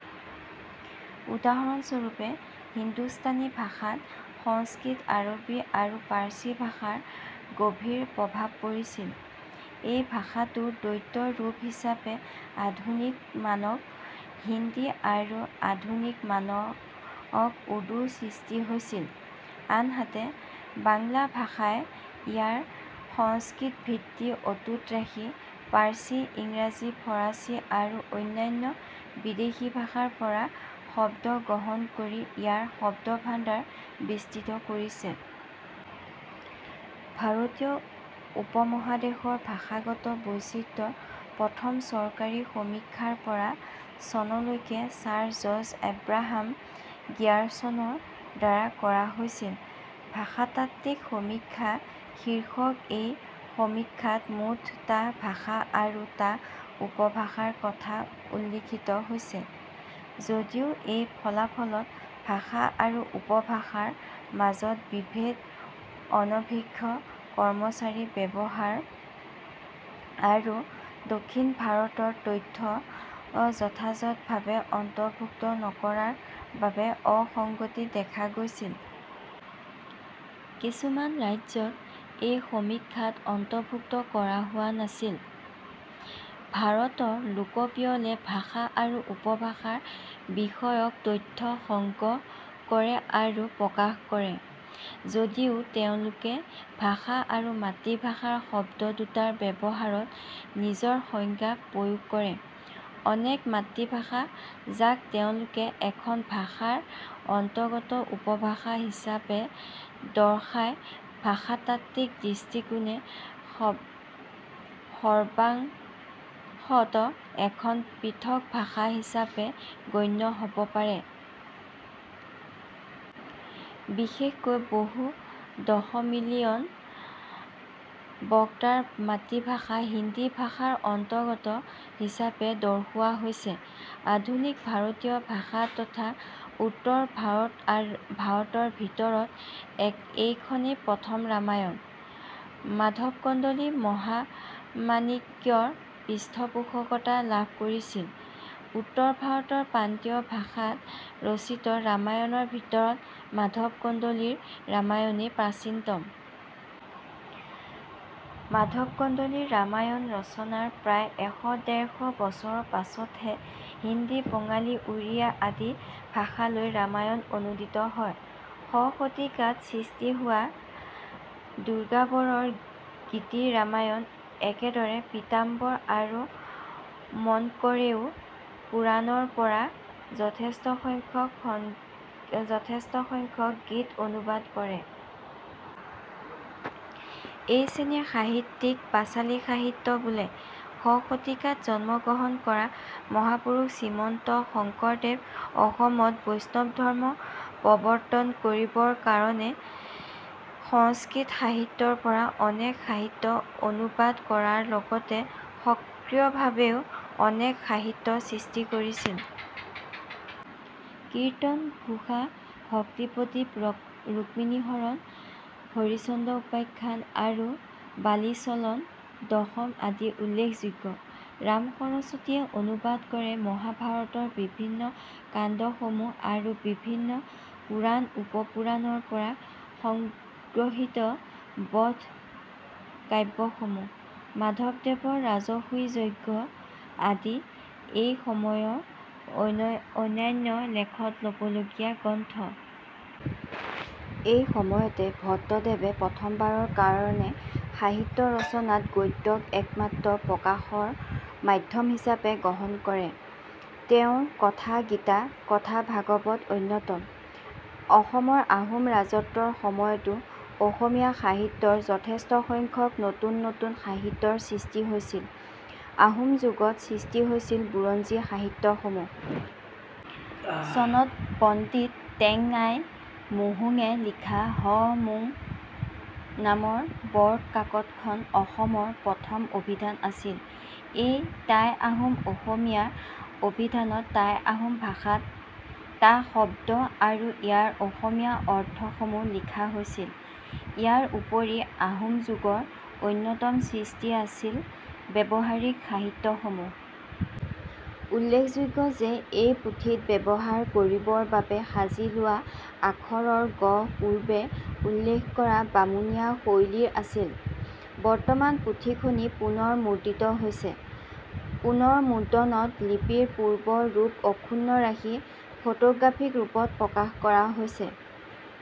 উদাহৰণস্বৰূপে, হিন্দুস্তানী ভাষাত সংস্কৃত, আৰবী আৰু পাৰ্চী ভাষাৰ গভীৰ প্ৰভাৱ পৰিছিল; এই ভাষাটোৰ দ্বৈত ৰূপ হিচাপে আধুনিক মানক হিন্দী আৰু আধুনিক মানক উৰ্দুৰ সৃষ্টি হৈছিল। আনহাতে, বাংলা ভাষাই ইয়াৰ সংস্কৃতভিত্তি অটুট ৰাখি পাৰ্চী, ইংৰাজী, ফৰাচী আৰু অন্যান্য বিদেশী ভাষাৰ পৰা শব্দ গ্ৰহণ কৰি ইয়াৰ শব্দভাণ্ডাৰ বিস্তৃত কৰিছে। ভাৰতীয় উপমহাদেশৰ ভাষাগত বৈচিত্ৰ্যৰ প্ৰথম চৰকাৰী সমীক্ষা ৰ পৰা চনলৈকে ছাৰ জৰ্জ এব্ৰাহাম গ্ৰিয়াৰচনৰ দ্বাৰা কৰা হৈছিল। ভাষাতাত্ত্বিক সমীক্ষা শীৰ্ষক এই সমীক্ষাত মুঠ টা ভাষা আৰু টা উপভাষাৰ কথা উল্লিখিত হৈছে। যদিও এই ফলাফলত "ভাষা" আৰু "উপভাষা"ৰ মাজৰ বিভেদ, অনভিজ্ঞ কৰ্মচাৰী ব্যৱহাৰ আৰু দক্ষিণ ভাৰতৰ তথ্য যথাযথভাৱে অন্তৰ্ভুক্ত নকৰাৰ বাবে অসংগতি দেখা গৈছিল। কিছুমান ৰাজ্যত এই সমীক্ষাত অন্তৰ্ভুক্ত কৰা হোৱা নাছিল। ভাৰতৰ লোকপিয়লে ভাষা আৰু উপভাষা বিষয়ক তথ্য সংগ্ৰহ কৰে আৰু প্ৰকাশ কৰে, যদিও তেওঁলোকে "ভাষা" আৰু "মাতৃভাষা" শব্দ দুটাৰ ব্যৱহাৰত নিজৰ সংজ্ঞা প্ৰয়োগ কৰে। অনেক মাতৃভাষা, যাক তেওঁলোকে এখন ভাষাৰ অন্তৰ্গত উপভাষা হিচাপে দৰ্শায়, ভাষাতাত্ত্বিক দৃষ্টিকোণে সৰ্বাংশতঃ এখন পৃথক ভাষা হিচাপে গণ্য হ'ব পাৰে। বিশেষকৈ বহু দশমিলিয়ন বক্তাৰ মাতৃভাষা হিন্দী ভাষাৰ অন্তৰ্গত হিচাপে দৰ্শোৱা হৈছে। আধুনিক ভাৰতীয় ভাষা তথা উত্তৰ ভাৰত ৰ ভিতৰত এইখনেই প্ৰথম ৰামায়ণ। মাধৱ কন্দলী মহামাণিক্যৰ পৃষ্ঠপোষকতা লাভ কৰিছিল। 'উত্তৰ ভাৰতৰ প্ৰান্তীয় ভাষাত ৰচিত ৰামায়ণৰ ভিতৰত মাধৱ কন্দলী ৰ ৰামায়ণেই প্ৰাচীনতম। মাধৱ কন্দলী ৰ ৰামায়ণ ৰচনাৰ প্ৰায় এশ ডেৰশ বছৰৰ পাছতহে হিন্দী, বঙালী, উৰীয়া আদি ভাষালৈ ৰামায়ণ অনূদিত হয়। শ শতিকাত সৃষ্টি হোৱা দুৰ্গাবৰৰ 'গীতি ৰামায়ণ', একেদৰে পীতাম্বৰ আৰু মনকৰেও পুৰাণৰপৰা যথেষ্টসংখ্যক গীত অনুবাদ কৰে। এই শ্ৰেণীৰ সাহিত্যক পাঁচালী সাহিত্য বোলে। শ শতিকাত জন্ম গ্ৰহণ কৰা মহাপুৰুষ শ্ৰীমন্ত শংকৰদেৱ অসম ত বৈষ্ণৱ ধৰ্ম প্ৰৱৰ্তন কৰিবৰ কাৰণে সংস্কৃত সাহিত্যৰপৰা অনেক সাহিত্য অনুবাদ কৰাৰ লগতে সকীয়ভাৱেও অনেক সাহিত্য সৃষ্টি কৰিছিল। কীৰ্তন-ঘোষা, ভক্তি-প্ৰদীপ, ৰুক্মিণী হৰণ, হৰিচন্দ্ৰ উপাখ্যান আৰু বালি চলন, দশম আদি উল্লেখযোগ্য। ৰাম সৰস্বতী য়ে অনুবাদ কৰে মহাভাৰতৰ বিভিন্ন কাণ্ডসমূহ আৰু বিভিন্ন পুৰাণ-উপপুৰাণৰপৰা সংগ্ৰহিত 'বধ কাব্যসমূহ'। মাধৱদেৱ ৰ 'ৰাজসুই যজ্ঞ' আদি এই সময়ৰ অন্যান্য লেখত ল'ব লগিয়া গ্ৰন্থ। এই সময়তে ভট্টদেৱে প্ৰথমবাৰৰ কাৰণে সাহিত্য ৰচনাত গদ্যক একমাত্ৰ প্ৰকাশৰ মাধ্যম হিচাপে গ্ৰহণ কৰে। তেওঁৰ 'কথা-গীতা', 'কথা-ভাগৱত' অন্যতম। অসমৰ আহোম ৰাজত্বৰ সময়তো অসমীয়া সাহিত্যৰ যথেষ্টসংখ্যক নতুন নতুন সাহিত্যৰ সৃষ্টি হৈছিল। আহোম যুগত সৃষ্টি হৈছিল বুৰঞ্জী সাহিত্যসমূহ। চনত পণ্ডিত টেঙ-ঙাই ম'হুঙে লিখা হ '-মু'ঙ নামৰ বৰ কাকতখন অসমৰ প্ৰথম অভিধান আছিল। এই টাইআহোম-অসমীয়া অভিধানত টাই-আহোম ভাষাত টা শব্দ আৰু ইয়াৰ অসমীয়া অৰ্থ সমূহ লিখা হৈছিল। ইয়াৰ উপৰি আহোম যুগৰ অন্যতম সৃষ্টি আছিল ব্যাৱহাৰিক সাহিত্যসমূহ। উল্লেখযোগ্য যে, এই পুথিত ব্যৱহাৰ কৰিবৰ বাবে সাজি লোৱা আখৰৰ গঢ় পূৰ্বে উল্লেখ কৰা বামুণীয়া শৈলীৰ আছিল। বৰ্তমান পুথিখনি পুনৰ মুদ্ৰিত হৈছে। পুনৰ মুদ্ৰণত লিপিৰ পূৰ্বৰ ৰূপ অক্ষুণ্ণ ৰাখি ফটোগ্ৰাফিক ৰূপত প্ৰকাশ কৰা হৈছে।